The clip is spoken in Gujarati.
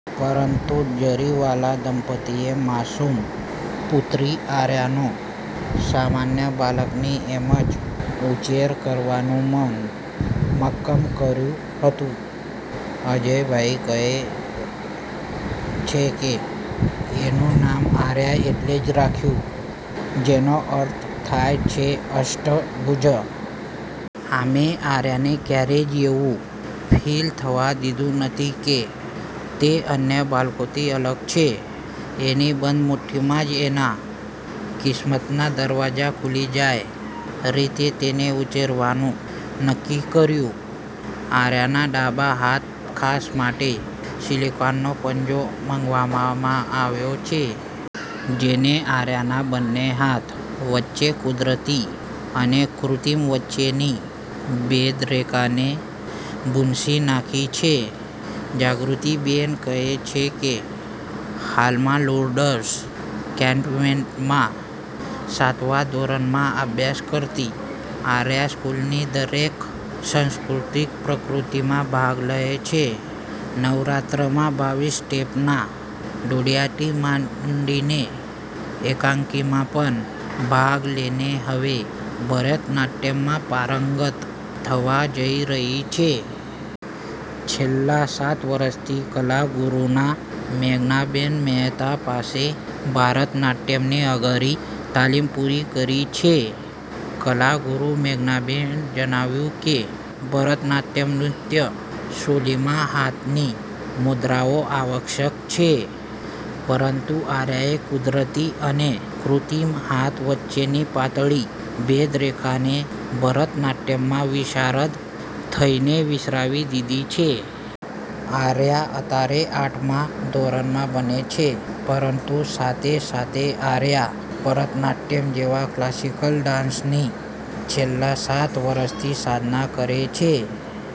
પરંતુ જરીવાલા દંપતિએ માસુમ પુત્રી આર્યાનો સામાન્ય બાળકની જેમ જ ઉછેર કરવા મન મક્કમ કર્યું હતું. અજય ભાઈ કહે છે કે, એનું નામ આર્યા એટલે જ રાખ્યું. જેનો અર્થ થાય છે અષ્ટ ભૂજા. અમે આર્યાને ક્યારેય એવું ફીલ થવા દીધું નથી કે તે અન્ય બાળકોથી અલગ છે. એની બંધ મુઠ્ઠીમાં જ એના કિસ્મતના દરવાજા ખુલી જાય એ રીતે તેને ઉછેરવાનું નક્કી કર્યું. આર્યાના ડાબા હાથ ખાસ માટે સીલીકોનનો પંજો મંગાવવામાં આવ્યો છે. જેણે આર્યાના બંને હાથ વચ્ચે કુદરતી અને કૃત્રિમ વચ્ચેની ભેદરેખાને ભુંસી નાખી છે. જાગૃત્તિબેન કહે છે કે, હાલમાં લુડ્ઝ કોન્વેન્ટમાં સાતમાં ધોરણમાં અભ્યાસ કરતી આર્યા સ્કુલની દરેક સાંસ્કૃત્તિક પ્રવૃત્તિમાં ભાગ લે છે. નવરાત્રિમાં બાવીસ સ્ટેપના દોઢીયાથી માંડીને એકાંકીમાં પણ ભાગ લઈને હવે ભરત નાટયમમા પારંગત થવા જઈ રહી છે. છેલ્લાં સાત વર્ષથી કલાગુરુના મેઘનાબેન મહેતા પાસે ભરત નાટયમની અઘરી તાલીમ પુર્ણ કરી છે. કલાગુરુ મેઘનાબેને જણાવ્યું કે, ભરત નાટયમ નૃત્ય શૈલીમાં હાથની મુદ્રાઓ આવશ્યક છે. પરંતુ આર્યાએ કુદરતી અને કૃત્રિમ હાથ વચ્ચેની પાતળી ભેદરેખાને ભરત નાટયમમાં વિશારદ થઈને વિસરાવી દીધી છે. આર્યા અત્યારે આઠમા ધોરણમાં ભણે છે પરંતુ સાથે સાથે આર્યા ભારતનાટ્યમ જેવી ક્લાસિકલ ડાન્સની છેલ્લા સાત વર્ષથી સાધના કરે છે